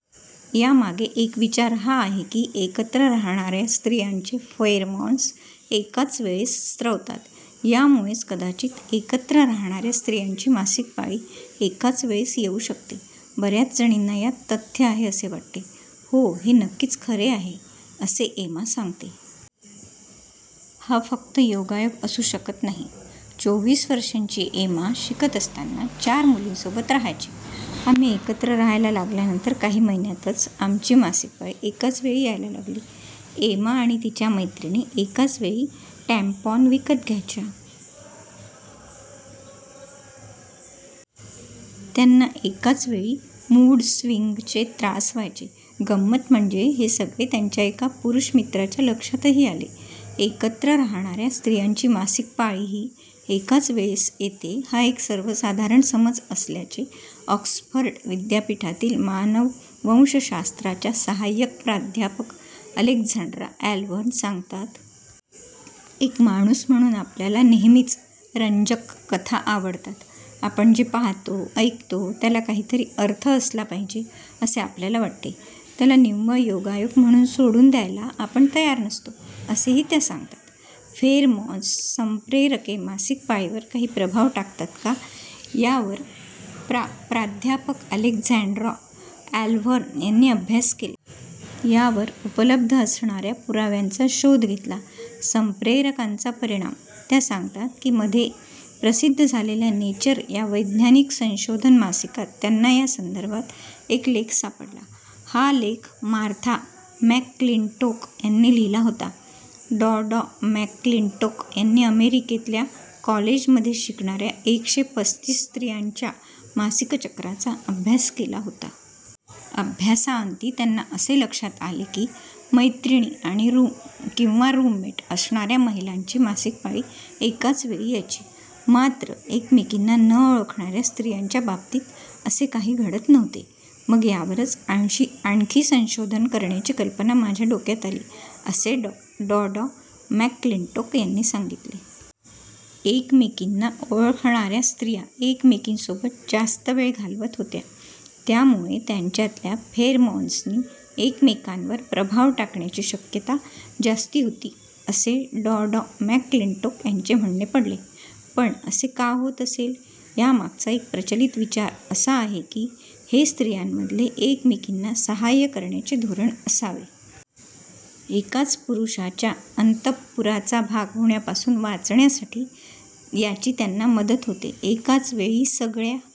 यामागे एक विचार हा आहे की, एकत्र राहणाऱ्या स्त्रियांचे फेरमॉन्स एकाच वेळेस स्त्रवतात. यामुळेच कदाचित एकत्र राहणाऱ्या स्त्रियांची मासिक पाळी एकाच वेळेस येऊ शकते. बऱ्याच जणींना यात तथ्य आहे, असे वाटते. "हो, हे नक्कीच खरे आहे," असे एमा सांगते. "हा फक्त योगायोग असू शकत नाही." चोवीस वर्षांची एमा शिकत असताना चार मुलींसोबत राहायची. "आम्ही एकत्र राहायला लागल्यानंतर काही महिन्यांतच आमची मासिक पाळी एकाच वेळी यायला लागली." एमा आणि तिच्या मैत्रिणी एकाच वेळी टॅम्पॉन विकत घ्यायच्या. त्यांना एकाच वेळी मूडस्विंगचे त्रास व्हायचे. गंमत म्हणजे हे सगळे त्यांच्या एका पुरुष मित्राच्या लक्षातही आले. एकत्र राहणाऱ्या स्त्रियांची मासिक पाळीही एकाच वेळेस येते हा एक सर्वसाधारण समज असल्याचे ऑक्सफर्ड विद्यापीठातील मानववंशशास्त्राच्या साहाय्यक प्राध्यापक अलेक्झांड्रा ॲलव्हर्न सांगतात. "एक माणूस म्हणून आपल्याला नेहमीच रंजक कथा आवडतात. आपण जे पाहतो, ऐकतो त्याला काहीतरी अर्थ असला पाहिजे, असे आपल्याला वाटते. त्याला निव्वळ योगायोग म्हणून सोडून द्यायला आपण तयार नसतो", असेही त्या सांगतात. फेरमॉन्स संप्रेरके मासिक पाळीवर काही प्रभाव टाकतात का, यावर प्रा प्राध्यापक अलेक्झांड्रा ॲलव्हर्न यांनी अभ्यास केला. यावर उपलब्ध असणाऱ्या पुराव्यांचा शोध घेतला. संप्रेरकांचा परिणाम? त्या सांगतात की, मध्ये प्रसिद्ध झालेल्या नेचर या वैज्ञानिक संशोधन मासिकात त्यांना या संदर्भात एक लेख सापडला. हा लेख मार्था मॅकक्लिंटोक यांनी लिहिला होता. डॉ डॉ मॅकक्लिंटोक यांनी अमेरिकेतल्या कॉलेजमध्ये शिकणाऱ्या एकशे पस्तीस स्त्रियांच्या मासिक चक्राचा अभ्यास केला होता. अभ्यासाअंती त्यांना असे लक्षात आले की, मैत्रिणी किंवा रूममेट असणाऱ्या महिलांची मासिक पाळी एकाच वेळी यायची. मात्र एकमेकींना न ओळखणाऱ्या स्त्रियांच्या बाबतीत असे काही घडत नव्हते. "मग यावरच आणखी संशोधन करण्याची कल्पना माझ्या डोक्यात आली", असे डॉ डॉ मॅकक्लिंटोक यांनी सांगितले. एकमेकींना ओळखणाऱ्या स्त्रिया एकमेकींसोबत जास्त वेळ घालवत होत्या. त्यामुळे त्यांच्यातल्या फेरमॉन्सनी एकमेकांवर प्रभाव टाकण्याची शक्यता जास्ती होती असे डॉ डॉ मॅकक्लिंटोक यांचे म्हणणे पडले. पण असे का होत असेल? यामागचा एक प्रचलित विचार असा आहे की, हे स्त्रियांमधले एकमेकींना साहाय्य करण्याचे धोरण असावे. एकाच पुरुषाच्या अंतःपुराचा भाग होण्यापासून वाचण्यासाठी याची त्यांना मदत होते. एकाच वेळी सगळ्या